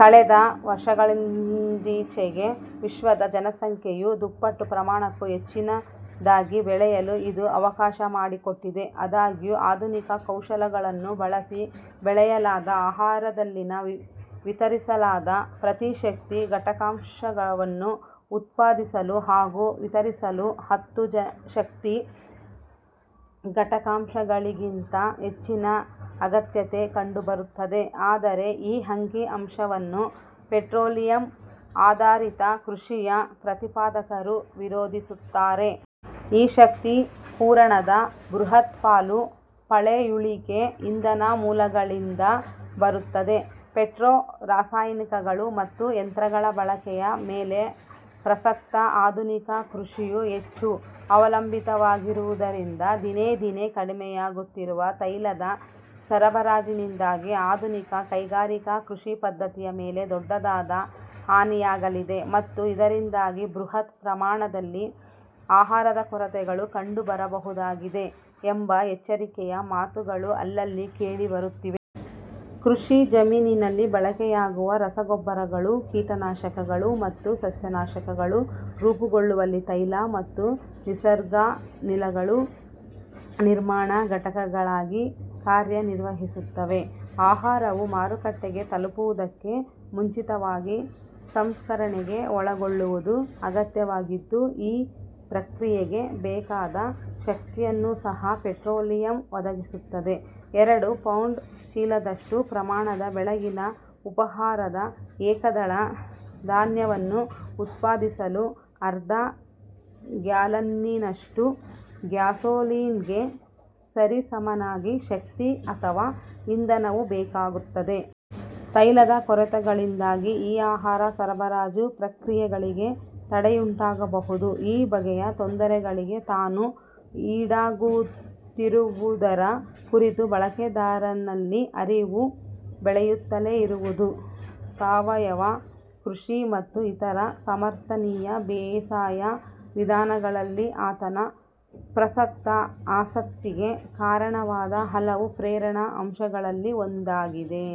ಕಳೆದ ವರ್ಷಗಳಿಂದೀಚೆಗೆ ವಿಶ್ವದ ಜನಸಂಖ್ಯೆ ಯು ದುಪ್ಪಟ್ಟು ಪ್ರಮಾಣಕ್ಕೂ ಹೆಚ್ಚಿನದಾಗಿ ಬೆಳೆಯಲು ಇದು ಅವಕಾಶಮಾಡಿಕೊಟ್ಟಿದೆ. ಆದಾಗ್ಯೂ, ಆಧುನಿಕ ಕೌಶಲಗಳನ್ನು ಬಳಸಿ ಬೆಳೆಯಲಾದ ಆಹಾರದಲ್ಲಿನ ವಿತರಿಸಲಾದ ಪ್ರತಿ ಶಕ್ತಿ ಘಟಕಾಂಶವನ್ನು ಉತ್ಪಾದಿಸಲು ಹಾಗೂ ವಿತರಿಸಲು ಹತ್ತು ಶಕ್ತಿ ಘಟಕಾಂಶಗಳಿಗಿಂತ ಹೆಚ್ಚಿನ ಅಗತ್ಯತೆ ಕಂಡುಬರುತ್ತದೆ. ಆದರೆ ಈ ಅಂಕಿ-ಅಂಶವನ್ನು ಪೆಟ್ರೋಲಿಯಮ್ -ಆಧರಿತ ಕೃಷಿಯ ಪ್ರತಿಪಾದಕರು ವಿರೋಧಿಸುತ್ತಾರೆ. ಈ ಶಕ್ತಿ ಪೂರಣದ ಬೃಹತ್ ಪಾಲು ಪಳೆಯುಳಿಕೆ ಇಂಧನ ಮೂಲಗಳಿಂದ ಬರುತ್ತದೆ. ಪೆಟ್ರೋ-ರಾಸಾಯನಿಕಗಳು ಮತ್ತು ಯಂತ್ರಗಳ ಬಳಕೆಯ ಮೇಲೆ ಪ್ರಸಕ್ತ ಆಧುನಿಕ ಕೃಷಿಯು ಹೆಚ್ಚು ಅವಲಂಬಿತವಾಗಿರುವುದರಿಂದ, ದಿನೇ ದಿನೇ ಕಡಿಮೆಯಾಗುತ್ತಿರುವ ತೈಲದ ಸರಬರಾಜಿನಿಂದಾಗಿ ಆಧುನಿಕ ಕೈಗಾರಿಕಾ ಕೃಷಿಪದ್ಧತಿಯ ಮೇಲೆ ದೊಡ್ಡದಾದ ಹಾನಿಯಾಗಲಿದೆ, ಮತ್ತು ಇದರಿಂದಾಗಿ ಬೃಹತ್ ಪ್ರಮಾಣದಲ್ಲಿ ಆಹಾರದ ಕೊರತೆಗಳು ಕಂಡುಬರಬಹುದಾಗಿದೆ ಎಂಬ ಎಚ್ಚರಿಕೆಯ ಮಾತುಗಳು ಅಲ್ಲಲ್ಲಿ ಕೇಳಿಬರುತ್ತಿವೆ. ಕೃಷಿ ಜಮೀನಿನಲ್ಲಿ ಬಳಕೆಯಾಗುವ ರಸಗೊಬ್ಬರಗಳು, ಕೀಟನಾಶಕಗಳು ಮತ್ತು ಸಸ್ಯನಾಶಕಗಳು ರೂಪುಗೊಳ್ಳುವಲ್ಲಿ ತೈಲ ಮತ್ತು ನಿಸರ್ಗಾನಿಲಗಳು ನಿರ್ಮಾಣ ಘಟಕಗಳಾಗಿ ಕಾರ್ಯನಿರ್ವಹಿಸುತ್ತವೆ. ಆಹಾರವು ಮಾರುಕಟ್ಟೆಗೆ ತಲುಪುವುದಕ್ಕೆ ಮುಂಚಿತವಾಗಿ ಸಂಸ್ಕರಣೆಗೆ ಒಳಗೊಳ್ಳುವುದು ಅಗತ್ಯವಾಗಿದ್ದು, ಈ ಪ್ರಕ್ರಿಯೆಗೆ ಬೇಕಾದ ಶಕ್ತಿಯನ್ನೂ ಸಹ ಪೆಟ್ರೋಲಿಯಂ ಒದಗಿಸುತ್ತದೆ. ಎರಡು-ಪೌಂಡ್ ಚೀಲದಷ್ಟು ಪ್ರಮಾಣದ ಬೆಳಗಿನ ಉಪಹಾರದ ಏಕದಳ ಧಾನ್ಯವನ್ನು ಉತ್ಪಾದಿಸಲು ಅರ್ಧ-ಗ್ಯಾಲನ್ನಿನಷ್ಟು ಗ್ಯಾಸೋಲೀನ್ಗೆ ಸರಿಸಮನಾದ ಶಕ್ತಿ ಅಥವಾ ಇಂಧನವು ಬೇಕಾಗುತ್ತದೆ. ತೈಲದ ಕೊರತೆಗಳಿಂದಾಗಿ ಈ ಆಹಾರ ಸರಬರಾಜು ಪ್ರಕ್ರಿಯೆಗಳಿಗೆ ತಡೆಯುಂಟಾಗಬಹುದು. ಈ ಬಗೆಯ ತೊಂದರೆಗಳಿಗೆ ತಾನು ಈಡಾಗುತ್ತಿರುವುದರ ಕುರಿತು ಬಳಕೆದಾರನಲ್ಲಿ ಅರಿವು ಬೆಳೆಯುತ್ತಲೇ ಇರುವುದು, ಸಾವಯವ ಕೃಷಿ ಮತ್ತು ಇತರ ಸಮರ್ಥನೀಯ ಬೇಸಾಯ ವಿಧಾನಗಳಲ್ಲಿ ಆತನ ಪ್ರಸಕ್ತ ಆಸಕ್ತಿಗೆ ಕಾರಣವಾದ ಹಲವು ಪ್ರೇರಕ ಅಂಶಗಳಲ್ಲಿ ಒಂದಾಗಿದೆ.